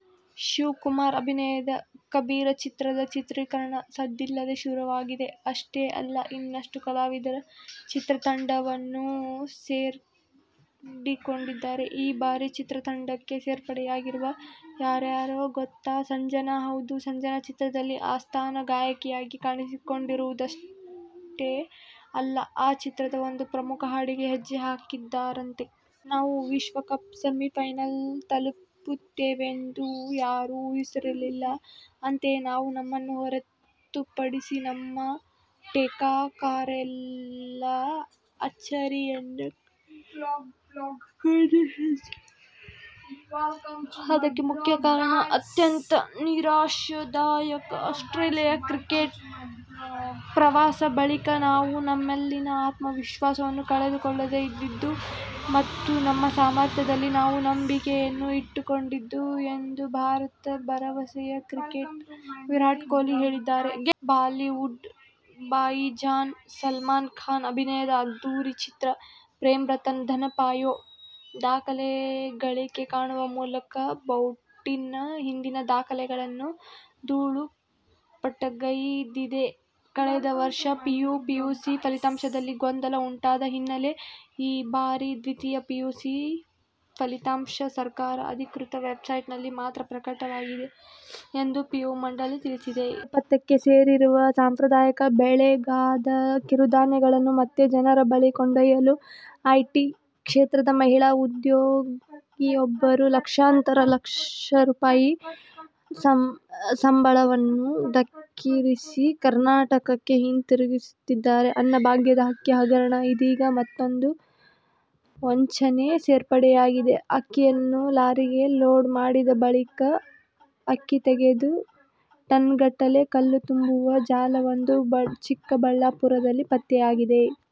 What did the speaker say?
ಶಿವರಾಜಕುಮಾರ್ ಅಭಿನಯದ "ಕಬೀರ' ಚಿತ್ರದ ಚಿತ್ರೀಕರಣ ಸದ್ದಿಲ್ಲದೆ ಶುರುವಾಗಿದೆ. ಅಷ್ಟೇ ಅಲ್ಲ, ಇನ್ನಷ್ಟು ಕಲಾವಿದರು ಚಿತ್ರತಂಡವನ್ನು ಸೇರಿಕೊಂಡಿದ್ದಾರೆ. ಈ ಬಾರಿ ಚಿತ್ರತಂಡಕ್ಕೆ ಸೇರ್ಪಡೆಯಾಗಿರುವುದು ಯಾರಯ ಗೊತ್ತಾ? ಸಂಜನಾ. ಹೌದು, ಸಂಜನಾ ಚಿತ್ರದಲ್ಲಿ ಆಸ್ಥಾನ ಗಾಯಕಿಯಾಗಿ ಕಾಣಿಸಿಕೊಂಡಿರುವುದಷ್ಟೇ ಅಲ್ಲ, ಈ ಚಿತ್ರದ ಒಂದು ಪ್ರಮುಖ ಹಾಡಿಗೆ ಹೆಜ್ಜೆ ಹಾಕಿದ್ದಾರಂತೆ. ನಾವು ವಿಶ್ವ ಕಪ್ ಸೆಮಿ ಫೈನಲ್ ತಲುಪುತ್ತೇವೆಂದು ಯಾರೂ ಊಹಿಸಿರಲಿಲ್ಲ. ಅಂತೆಯೇ ನಾವು, ನಮ್ಮನ್ನು ಹೊರತುಪಡಿಸಿ, ನಮ್ಮ ಟೀಕಾಕಾರೆಲ್ಲನ್ನೂ ಅಚ್ಚರಿಯಲ್ಲಿ ಕೆಡಹಿದ್ದೇವೆ. ಇದಕ್ಕೆ ಮುಖ್ಯ ಕಾರಣ ಅತ್ಯಂತ ನಿರಾಶಾದಾಯಕ ಆಸ್ಟ್ರೇಲಿಯ ಕ್ರಿಕೆಟ್ ಪ್ರವಾಸದ ಬಳಿಕವೂ ನಾವು ನಮ್ಮಲ್ಲಿನ ಆತ್ಮವಿಶ್ವಾಸವನ್ನು ಕಳೆದುಕೊಳ್ಳದೇ ಇದ್ದದ್ದು ಮತ್ತು ನಮ್ಮ ಸಾಮರ್ಥ್ಯದಲ್ಲಿ ನಾವು ನಂಬಿಕೆಯನ್ನು ಇಟ್ಟುಕೊಂಡದ್ದು ಎಂದು ಭಾರತದ ಭರವಸೆಯ ಕ್ರಿಕೆಟಿಗ ವಿರಾಟ್ ಕೊಹ್ಲಿ ಹೇಳಿದ್ದಾರೆ. ಬಾಲಿವುಡ್ ಭಾಯಿಜಾನ್ ಸಲ್ಮಾನ್ ಖಾನ್ ಅಭಿನಯದ ಅದ್ಧೂರಿ ಚಿತ್ರ "ಪ್ರೇಮ್ ರತನ್ ಧನ್ ಪಾಯೊ'' ದಾಖಲೆಯ ಗಳಿಕೆ ಕಾಣುವ ಮೂಲಕ ಬಿಟೌನ್'ನ ಹಿಂದಿನ ದಾಖಲೆಗಳನ್ನು ಧೂಳೀಪಟಗೈದಿದೆ. ಕಳೆದ ವರ್ಷ ಪಿಯು ಪಿಯುಸಿ ಫಲಿತಾಂಶದಲ್ಲಿ ಗೊಂದಲ ಉಂಟಾದ ಹಿನ್ನೆಲೆಯಲ್ಲಿ ಈ ಬಾರಿಯ ದ್ವಿತೀಯ ಪಿಯು ಫಲಿತಾಂಶ ಸರ್ಕಾರದ ಅಧಿಕೃತ ವೆಬ್ ಸೈಟ್ ನಲ್ಲಿ ಮಾತ್ರ ಪ್ರಕಟವಾಗಲಿದೆ ಎಂದು ಪಿಯು ಮಂಡಳಿ ತಿಳಿಸಿದೆ. ನೇಪಥ್ಯಕ್ಕೆ ಸರಿದಿರುವ ಸಾಂಪ್ರದಾಯಿಕ ಬೆಳೆಗಳಾದ ಕಿರುಧಾನ್ಯಗಳನ್ನು ಮತ್ತೆ ಜನರ ಬಳಿ ಕೊಂಡೊಯ್ಯಲು ಐಟಿ ಕ್ಷೇತ್ರದ ಮಹಿಳಾ ಉದ್ಯೋಗಿಯೊಬ್ಬರು ಲಕ್ಷಾಂತರ ರೂ. ಸಂಬಳವನ್ನು ಧಿಕ್ಕರಿಸಿ ರಾಜ್ಯಕ್ಕೆ ಹಿಂತಿರುಗಿದ್ದಾರೆ! ಅನ್ನಭಾಗ್ಯದ ಅಕ್ಕಿ ಹಗರಣಕ್ಕೆ ಇದೀಗ ಮತ್ತೂಂದು ವಂಚನೆ ಸೇರ್ಪಡೆಯಾಗಿದೆ. ಅಕ್ಕಿಯನ್ನು ಲಾರಿಗೆ ಲೋಡ್ ಮಾಡಿದ ಬಳಿಕ ಅಕ್ಕಿ ತೆಗೆದು ಟನ್ಗಟ್ಟಲೆ ಕಲ್ಲು ತುಂಬುವ ಜಾಲವೊಂದು ಚಿಕ್ಕಬಳ್ಳಾಪುರದಲ್ಲಿ ಪತ್ತೆಯಾಗಿದೆ.